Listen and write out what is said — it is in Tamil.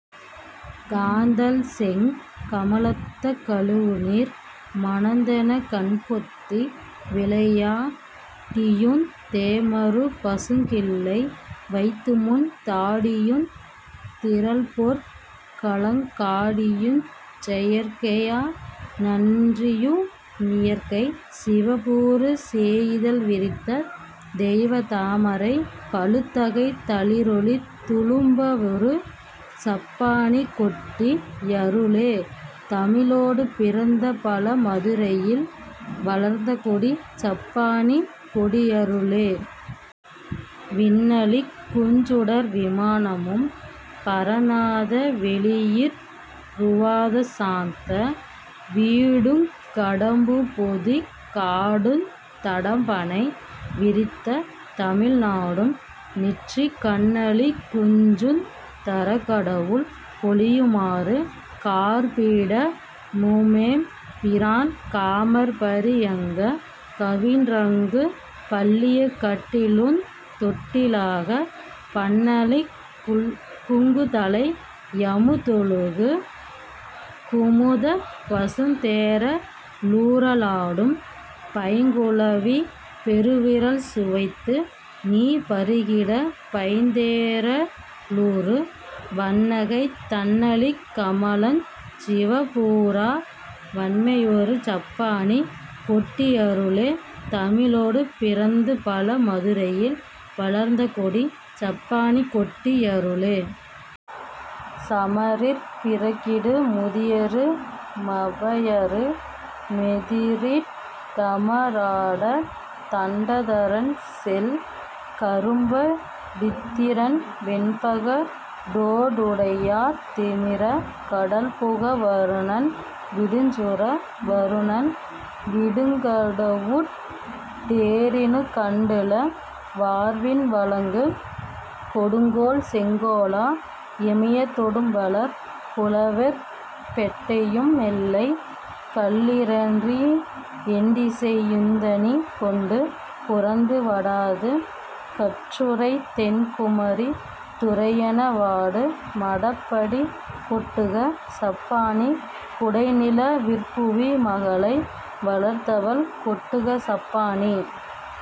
காந்தள்செங் கமலத்த கழுநீர் மணந்தெனக் கண்பொத்தி விளையா டியுந் தேமரு பசுங்கிள்ளை வைத்துமுத் தாடியுந் திரள்பொற் கழங் காடியுஞ் செயற்கையா னன்றியு மியற்கைச் சிவப்பூறு சேயிதழ் விரிந்த தெய்வத் தாமரை பழுத்தகைத் தளிரொளி துளும்பவொரு சப்பாணி கொட்டி யருளே தமிழொடு பிறந்துபழ மதுரையில் வளர்ந்தகொடி சப்பாணி கொடியருளே. விண்ணளிக் குஞ்சுடர் விமானமும் பரநாத வெளியிற் றுவாத சாந்த வீடுங் கடம்புபொதி காடுந் தடம்பணை விரிந்த தமிழ் நாடும் நெற்றிக் கண்ணளிக் குஞ்சுந் தரக்கடவுள் பொலியுமாறு காற்பீட முமெம் பிரான் காமர்பரி யங்கக் கவின்றங்கு பள்ளியங் கட்டிலுந் தொட்டிலாகப் பண்ணளிக் குங்குதலை யமுதொழுகு குமுதப் பசுந்தேற லூறலாடும் பைங்குழவி பெருவிரல் சுவைத்து நீ பருகிடப் பைந்தேறலூறு வண்கைத் தண்ணளிக் கமலஞ் சிவப்பூற வம்மையொரு சப்பாணி கொட்டி யருளே தமிழொடு பிறந்துபழ மதுரையில் வளர்ந்தகொடி சப்பாணி கொட்டி யருளே. சமரிற் பிறகிடு முதியரு மபயரு மெதிரிட் டமராடத் தண்டதரன்செல் கரும்ப டிந்திரன் வெண்பக டோடுடையாத் திமிரக் கடல்புக வருணன் விடுஞ்சுற வருணன் விடுங்கடவுட் டேரினுகண்டெழ வார்வில் வழங்கு கொடுங்கோல் செங்கோலா இமயத்தொடும்வளர் குலவெற் பெட்டையு மெல்லைக் கல்லினிறீஇ எண்டிசை யுந்தனி கொண்டு புரந்து வடாது கற்றுறை தென் குமரித் துறையென வாடு மடப்படி கொட்டுக சப்பாணி குடைநிழ விற்புவி மகளை வளர்த்தவள் கொட்டுக சப்பாணி.